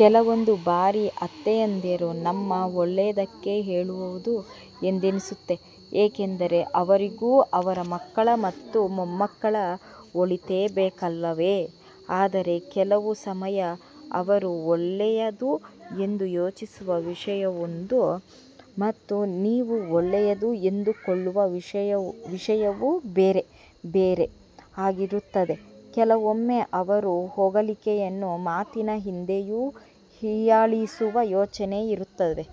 ಕೆಲವೊಂದು ಬಾರಿ ಅತ್ತೆಯಂದಿರು ನಮ್ಮ ಒಳ್ಳೆಯದಕ್ಕೆ ಹೇಳುವವರು ಎಂದೆನಿಸುತ್ತದೆ. ಏಕೆಂದರೆ, ಅವರಿಗೂ ಅವರ ಮಕ್ಕಳ ಮತ್ತು ಮೊಮ್ಮಕ್ಕಳ ಒಳಿತೇ ಬೇಕಲ್ಲವೇ. ಆದರೆ ಕೆಲವು ಸಮಯ ಅವರು ಒಳ್ಳೆಯದು ಎಂದು ಯೋಚಿಸುವ ವಿಷಯವು ಮತ್ತು ನೀವು ಒಳ್ಳೆಯದು ಎಂದುಕೊಳ್ಳುವ ವಿಷಯವು ಬೇರೆ ಬೇರೆ ಆಗಿರುತ್ತವೆ. ಕೆಲವೊಮ್ಮೆ ಅವರು ಹೊಗಳಿಕೆಯ ಮಾತಿನ ಹಿಂದೆಯೂ ಹೀಯಾಳಿಸುವ ಯೋಚನೆ ಇರುತ್ತವೆ.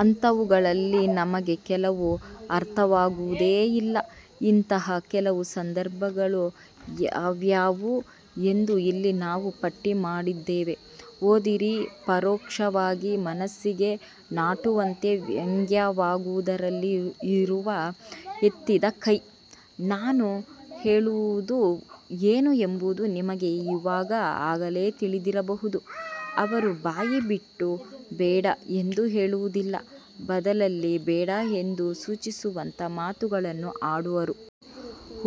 ಅಂಥವುಗಳಲ್ಲಿ ನಮಗೆ ಕೆಲವು ಅರ್ಥವಾಗುವುದೇ ಇಲ್ಲ. ಇಂತಹ ಕೆಲವು ಸಂದರ್ಭಗಳು ಯಾವ್ಯಾವು ಎಂದು ಇಲ್ಲಿ ನಾವು ಪಟ್ಟಿ ಮಾಡಿದ್ದೇವೆ ಓದಿರಿ ಪರೋಕ್ಷವಾಗಿ ಮನಸ್ಸಿಗೆ ನಾಟುವಂತೆ ವ್ಯಂಗ್ಯವಾಡುವುದರಲ್ಲಿ ಇವರು ಎತ್ತಿದ ಕೈ. ನಾನು ಹೇಳುತ್ತಿರುವುದು ಏನು ಎಂಬುದು ನಿಮಗೆ ಇವಾಗ ಆಗಲೇ ತಿಳಿದಿರಬಹುದು. ಅವರು ಬಾಯಿ ಬಿಟ್ಟು ಬೇಡ ಎಂದು ಹೇಳುವುದಿಲ್ಲ, ಬದಲಿಗೆ ಬೇಡ ಎಂದು ಸೂಚಿಸುವಂತ ಮಾತುಗಳನ್ನ ಆಡುವರು.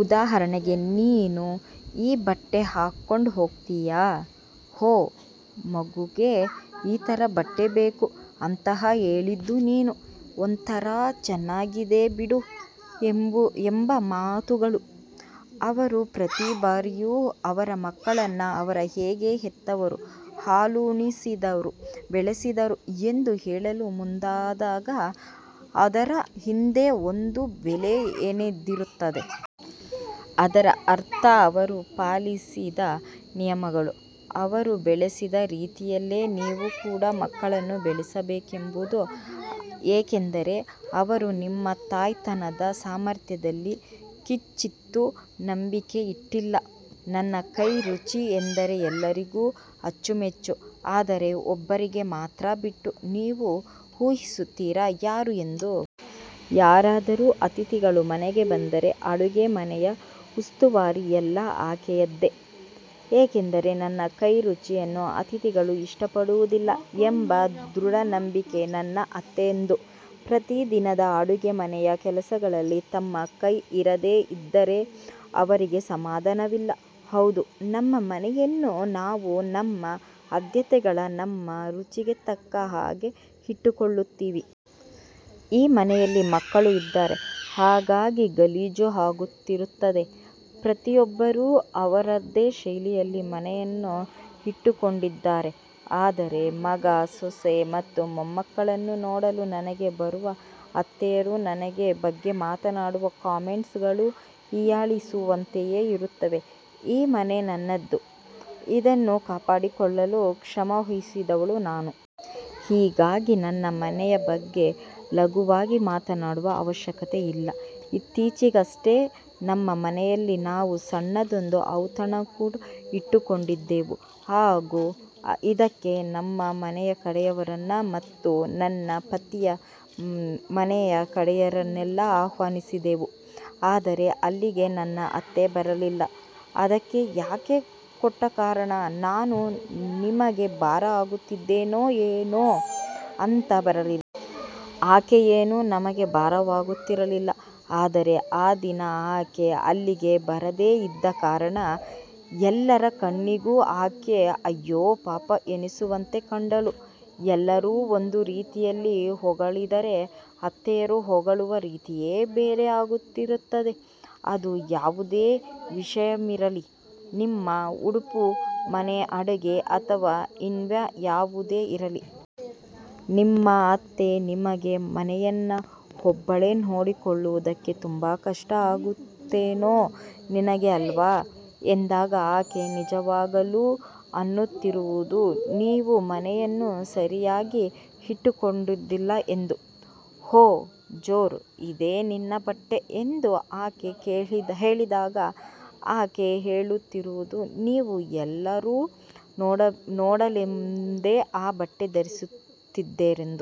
ಉದಾಹರಣೆಗೆ "ನೀನು ಈ ಬಟ್ಟೆ ಹಾಕೊಂಡ್ ಹೋಗ್ತಿದೀಯಾ? "ಒಹ್ ಮಗುಗೆ ಈ ಥರ ಬಟ್ಟೆ ಬೇಕು ಅಂತಾನಾ ಹೇಳಿದ್ದು ನೀನು? " "ಒಂಥರಾ ಚೆನ್ನಾಗಿದೆ ಬಿಡು" ಎಂಬ ಮಾತುಗಳು. ಅವರು ಪ್ರತಿ ಬಾರಿಯೂ ಅವರ ಮಕ್ಕಳನ್ನ ಅವರು ಹೇಗೆ ಹೆತ್ತರು, ಹಾಲುಣಿಸಿದರು, ಬೆಳೆಸಿದರು ಎಂದು ಹೇಳಲು ಮುಂದಾದಾಗ, ಅದರ ಹಿಂದೆ ಒಂದು ಬಲೆ ಎಣೆದಿರುತ್ತಾರೆ. ಅದರ ಅರ್ಥ ಅವರು ಪಾಲಿಸಿದ ನಿಯಮಗಳು, ಅವರು ಬೆಳೆಸಿದ ರೀತಿಯಲ್ಲೇ ನೀವೂ ಕೂಡ ಮಕ್ಕಳನ್ನು ಬೆಳೆಸಬೇಕೆಂಬುದು. ಏಕೆಂದರೆ ಅವರು ನಿಮ್ಮ ತಾಯ್ತನದ ಸಾಮರ್ಥ್ಯದಲ್ಲಿ ಕಿಂಚಿತ್ತು ನಂಬಿಕೆ ಇಟ್ಟಿಲ್ಲ. ನನ್ನ ಕೈ ರುಚಿ ಎಂದರೆ ಎಲ್ಲರಿಗೂ ಅಚ್ಚು ಮೆಚ್ಚು. ಆದರೆ ಒಬ್ಬರಿಗೆ ಮಾತ್ರ ಬಿಟ್ಟು. ನೀವು ಊಹಿಸಿರುತ್ತೀರಾ ಯಾರು ಎಂದು. ಯಾರಾದರೂ ಅತಿಥಿಗಳು ಮನೆಗೆ ಬಂದರೆ, ಅಡುಗೆ ಮನೆಯ ಉಸ್ತುವಾರಿ ಎಲ್ಲಾ ಆಕೆಯದ್ದೇ. ಏಕೆಂದರೆ ನನ್ನ ಕೈ ರುಚಿಯನ್ನು ಅತಿಥಿಗಳು ಇಷ್ಟಪಡುವುದಿಲ್ಲ ಎಂಬ ದೃಢ ನಂಬಿಕೆ ನನ್ನ ಅತ್ತೆಯದ್ದು. ಪ್ರತಿದಿನದ ಅಡುಗೆ ಮನೆಯ ಕೆಲಸಗಳಲ್ಲಿ ತಮ್ಮ ಕೈ ಇರದೇ ಇದ್ದರೆ, ಅವರಿಗೆ ಸಮಾಧಾನವಿಲ್ಲ. ಹೌದು ನಮ್ಮ ಮನೆಯನ್ನು ನಾವು ನಮ್ಮ ಆದ್ಯತೆಗಳ, ನಮ್ಮ ರುಚಿಗೆ ತಕ್ಕ ಹಾಗೆ ಇಟ್ಟುಕೊಳ್ಳುತ್ತೀವಿ. ಈ ಮನೆಯಲ್ಲಿ ಮಕ್ಕಳು ಇದ್ದಾರೆ, ಹಾಗಾಗಿ ಗಲೀಜು ಆಗುತ್ತಿರುತ್ತದೆ. ಪ್ರತಿಯೊಬ್ಬರೂ ಅವರದ್ದೇ ಶೈಲಿಯಲ್ಲಿ ಮನೆಯನ್ನ ಇಟ್ಟುಕೊಂಡಿರುತ್ತಾರೆ. ಆದರೆ, ಮಗ, ಸೊಸೆ ಮತ್ತು ಮೊಮ್ಮಕ್ಕಳನ್ನು ನೋಡಲು ಮನೆಗೆ ಬರುವ ಅತ್ತೆಯರು ಮನೆಯ ಬಗ್ಗೆ ಮಾಡುವ ಕಾಮೆಂಟ್ಸ್ ಗಳು ಹೀಯಾಳಿಸುವಂತೆಯೇ ಇರುತ್ತವೆ. ಈ ಮನೆ ನನ್ನದು, ಇದನ್ನು ಕಾಪಾಡಿಕೊಳ್ಳಲು ಶ್ರಮವಹಿಸುತ್ತಿರುವವಳು ನಾನು. ಹೀಗಾಗಿ ನನ್ನ ಮನೆಯ ಬಗ್ಗೆ ಲಘುವಾಗಿ ಮಾತಾಡುವ ಅವಶ್ಯಕತೆ ಇಲ್ಲ. ಇತ್ತೀಚಿಗಷ್ಟೇ ನಮ್ಮ ಮನೆಯಲ್ಲಿ ನಾವು ಸಣ್ಣದೊಂದು ಔತಣಕೂಟ ಇಟ್ಟುಕೊಂಡಿದ್ದೆವು ಹಾಗು ಇದಕ್ಕೆ ನಮ್ಮ ಮನೆಯ ಕಡೆಯವರನ್ನ ಮತ್ತು ನನ್ನ ಪತಿಯ ಮನೆಯ ಕಡೆಯವರನ್ನೆಲ್ಲಾ ಆಹ್ವಾನಿಸಿದ್ದೆವು. ಆದರೆ ಅಲ್ಲಿಗೆ ನನ್ನ ಅತ್ತೆ ಬರಲಿಲ್ಲ. ಅದಕ್ಕೆ ಆಕೆ ಕೊಟ್ಟ ಕಾರಣ "ನಾನು ನಿಮಗೆ ಭಾರ ಆಗುತ್ತೀನೇನೋ ಅಂತ ಬರಲಿಲ್ಲ". ಆಕೆಯೇನೂ ನಮಗೆ ಭಾರವಾಗುತ್ತಿರಲಿಲ್ಲ ಆದರೆ ಆ ದಿನ ಆಕೆ ಅಲ್ಲಿಗೆ ಬರದೇ ಇದ್ದ ಕಾರಣ, ಎಲ್ಲರ ಕಣ್ಣಿಗೂ ಆಕೆ ಅಯ್ಯೋ ಪಾಪ ಎನಿಸುವಂತೆ ಕಂಡಳು. ಎಲ್ಲರೂ ಒಂದು ರೀತಿಯಲ್ಲಿ ಹೊಗಳಿದರೆ, ಅತ್ತೆಯರು ಹೊಗಳುವ ರೀತಿಯೇ ಬೇರೆ ಆಗಿರುತ್ತದೆ. ಅದು ಯಾವುದೇ ವಿಷಯವಿರಲಿ. ನಿಮ್ಮ ಉಡುಪು, ಮನೆ, ಅಡುಗೆ ಅಥವಾ ಇನ್ನ್ಯಾವುದೇ ಇರಲಿ. ನಿಮ್ಮ ಅತ್ತೆ ನಿಮಗೆ "ಮನೆಯನ್ನ ಒಬ್ಬಳೇ ನೋಡಿಕೊಳ್ಳುವುದಕ್ಕೆ ತುಂಬಾ ಕಷ್ಟ ಆಗುತ್ತೇನೋ ನಿನಗೆ ಅಲ್ವಾ" ಎಂದಾಗ ಆಕೆ ನಿಜವಾಗಲೂ ಅನ್ನುತ್ತಿರುವುದು ನೀವು ಮನೆಯನ್ನು ಸರಿಯಾಗಿ ಇಟ್ಟುಕೊಂಡಿಲ್ಲ ಎಂದು. "ಒಹ್ ಜೋರ್ ಇದೆ ನಿನ್ನ ಬಟ್ಟೆ" ಎಂದು ಆಕೆ ಹೇಳಿದಾಗ ಆಕೆ ಹೇಳುತ್ತಿರುವುದು ನೀವು ಎಲ್ಲರೂ ನೋಡಲೆಂದೇ ಆ ಬಟ್ಟೆ ಧರಿಸಿದ್ದೀರೆಂದು.